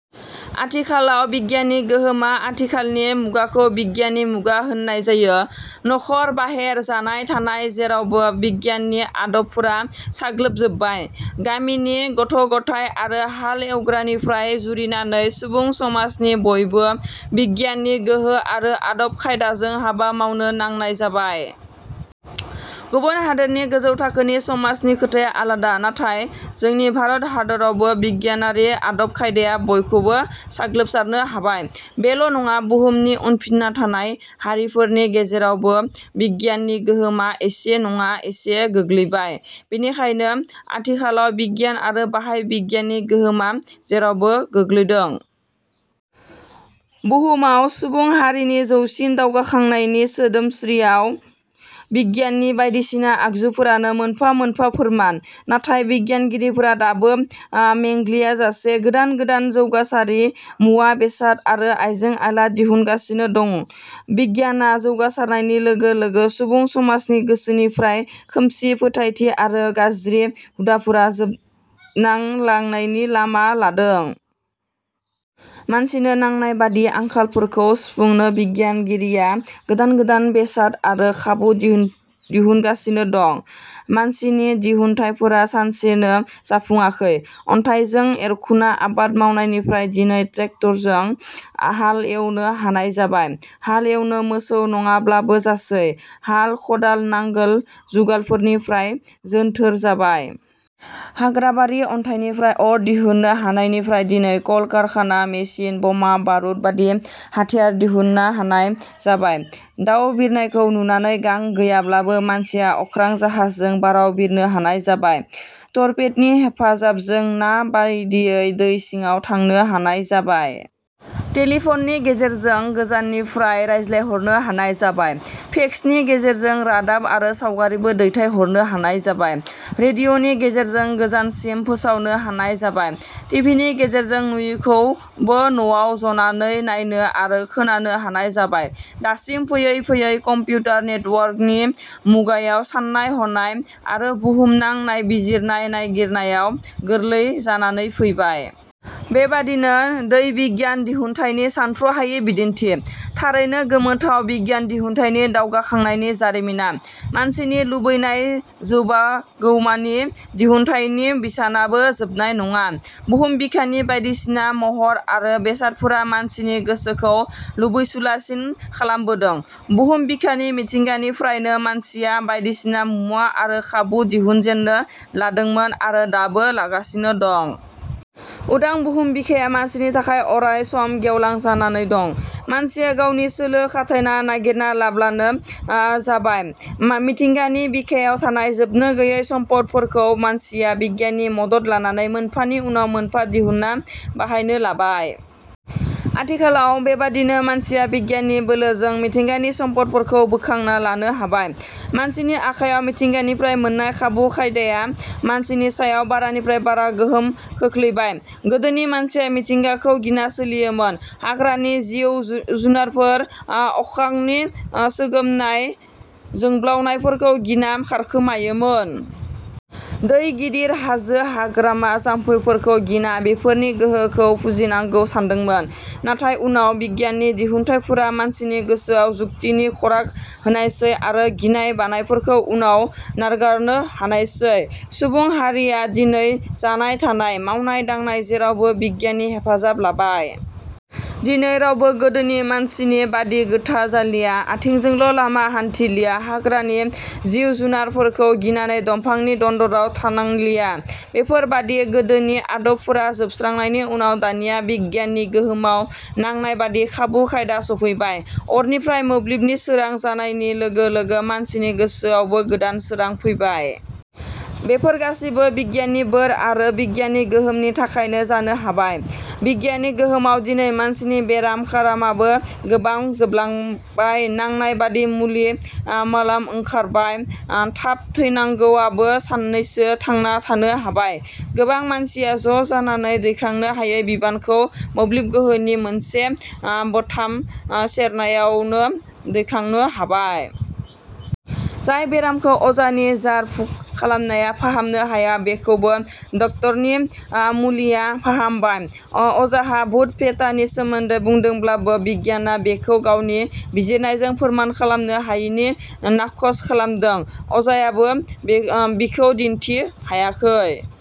आथिखालाव बिगियाननि बिहोमा आथिखालनि मुगाखौ बिगियाननि मुगा होन्नाय जायो। न'खर, बाहेर, जानाय थानाय जेरावबो बिगियाननि आदबफोरा साग्लोबजोबबाय। गामिनि गथ' गथाय आरो हाल एवग्रानिफ्राय जुरिनानै सुबुं समाजनि बयबो बिगियाननि गोहो आरो आदब खायदाजों हाबा मावनो नांनाय जाबाय। गुबुन हादरनि गोजौ थाखोनि समाजनि खोथाया आलादा, नाथाय जोंनि भारत हादरावबो बिगियानारि आदब खायदाया बयखौबो साग्लोबसारनो हाबाय। बेल' नङा, बुहुमनि उनफिन्ना थानाय हारिफोरनि गेजेरावबो बिगियाननि गोहोमा एसे नङा एसे गोलैबाय। बेनिखायनो आथिखालाव बिगियान आरो बाहाय बिगियाननि गोहोमा जेरावबो गोलैदों। बुहुमाव सुबुं हारिनि जौसिन दावगाखांनायनि सोदोमसियाव बिगियाननि बायदिसिना आगजुफोरानो मोनफा मोनफा फोरमान। नाथाय बिगियानगिरिफोरा दाबो _में ग्लियाजासे गोदान गोदान जौगासारि मुवा बेसाद आरो आइजें आइला दिहुनगासिन दं। बिगियाना जौगासारनायनि लोगो लोगो सुबुं समाजनि गोसोनिफ्राय खोमसि फोथायथि आरो गाज्रि हुदाफोरा जोबनांलांनायनि लामा लादों। मानसिनो नांनाय बादि आंखालफोरखौ सुफुंनो बिगियानगिरिया गोदान गोदान बेसाद आरो खाबु दिहुनगासिनो दं। मानसिनि दिहुनथाइफोरा सानसेनो जाफुङाखै। अन्थाइजों एरखुना आबाद मावनायनिफ्राय दिनै ट्रेक्टरजों हाल एवनो हानाय जाबाय। हाल एवनो मोसौ नङाब्लाबो जासै। हाल खदाल नांगाल जुंगालफोरनिफ्राय जोन्थोर जाबाय। हाग्राबारि अन्थाइनिफ्राय अर दिहुन्नो हानायनिफ्रायनो दिनै कल कारखाना, मेसिन, बमा बारुदबादि हाथियार दिहुन्न हानाय जाबाय। दाउ बिरनायखौ नुनानै गां गैयाब्लाबो मानसिया अखां जाहाजजों बाराव बिरनो हानाय जाबाय। टरपेद'नि हेफाजाबजों ना बायदियै दै सिङाव थांनो हानाय जाबाय। टेलिफननि गेजेरजों गोजाननिफ्राय रायज्लायहरनो हानाय जाबाय, फेक्सनि गेजेरजों रादाब आरो सावगारिबो दैथाय हरनो हानाय जाबाय। रेडिअ'नि गेजेरजों गोजानसिम फोसावनो हानाय जाबाय, टिभिनि गेजेरजों नुयिखौबो न'आव जनानै नायनो आरो खोनानो हानाय जाबाय। दासिम फैयै फैयै कम्पिउटार नेटवर्कनि मुगायाव सान्नाय हनाय आरो बुहुमनां नायबिजिरनाय नायगिरनायाव गोरलै जानानै फैबाय। बेबादिनो दै बिगियान दिहुनथाइनि सान्थ्र 'हायि बिदिन्थि। थारैनो गोमोथाव बिगियान दिहुनथाइनि दावगाखांनायनि जारिमिना। मानसिनि लुबैनाय जोबागौमानि दिहुनथाइनि बिसानाबो जोबनाय नङा। बुहुम बिखानि बायदिसिना महर आरो बेसादफोरा मानसिनि गोसोखौ लुबैसुलासिन खालामबोदों। बुहुम बिखानि मिथिंगानिफ्रायनो मानसिया बायदिसिना मुवा आरो खाबु दिहुनजेन्नो लादोंमोन आरो दाबो लागासिनो दं। उदां बुहुम बिखाया मानसिनि थाखाय अराय सम गेवलां जानानै दं। मानसिया गावनि सोलो खाथायना नायगिरना लांब्लानो जाबाय। मिथिंगानि बिखायाव थानाय जोबनो गोयै सम्पदफोरखौ मानसिया बिगियाननि मदद लानानै मोनफानि उनाव मोनफा दिहुन्ना बाहायनो लाबाय। आथिखालाव बेबादिनो मानसिया बिगियाननि बोलोजों मिथिंगानि सम्पदफोरखौ बोखांना लानो हाबाय। मानसिनि आखाइयाव मिथिंगानिफ्राय मोन्नाय खाबु खायदाया मानसिनि सायाव बारानिफ्राय बारा गोहोम खोख्लैबाय। गोदोनि मानसिया मिथिंगाखौ गिना सोलियोमोन। हाग्रानि जिउ जुनारफोर, अखांनि सोगोमनाय जोंब्लाउनायफोरखौ गिना खारखोमायोमोन। दै गिदिर, हाजो, हाग्रामा जाम्फैफोरखौ गिना बेफोरनि गोहोखौ फुजिनांगौ सान्दोंमोन। नाथाय उनाव बिगियाननि दिहुनथाइफोरा मानसिनि गोसोआव जुक्तिनि खराग होनायसै आरो गिनाय बानायफोरखौ उनाव नारगारनो हानायसै। सुबुं हारिया दिनै जानाय थानाय, मावनाय दांनाय जेरावबो बिगियाननि हेफाजाब लाबाय। दिनै रावबो गोदोनि मानसिनि बादि गोथा जालिया, आथिंजोंल' लामा हान्थिलिया, हाग्रानि जिउ जुनारफोरखौ गिनानै दंफांनि दन्दराव थानांलिया। बेफोर बादि गोदोनि आदबफोरा जोबस्रांनायनि उनाव दानिया बिगियाननि गोहोमाव नांनाय बादि खाबु खायदा स'फैबाय। अरनिफ्राय मोब्लिबनि सोरां जानायनि लोगो लोगो मानसिनि गोसोआवबो गोदान सोरां फैबाय। बेफोर गासिबो बिगियाननि बोर आरो बिगियाननि गोहोमनि थाखायनो जानो हाबाय। बिगियाननि गोहोमावनो दिनै मानसिनि बेराम खारामाबो गोबां जोबलांबाय नांनाय बादि मुलि मालाम ओंखारबाय, थाब थैनांगौआबो सान्नैसो थांना थानो हाबाय। गोबां मानसिया ज' जानानै दैखांनो हायै बिबानखौ मोब्लिब गोहोनि मोनसे बथाम सेरनायावनो दैखांनो हाबाय। जाय बेरामखौ अजानि जार फुक खालामनाया फाहामनो हाया बेखौबो डाक्टरनि मुलिया फाहामबाय। अजाहा भुत फेथानि सोमोन्दै बुंदोंब्लाबो बिगियाना बेखौ गावनि बिजिरनायजों फोरमान खालामनो हायिनि नाखस खालामदों। अजायाबो बिखौ दिन्थि हायाखै।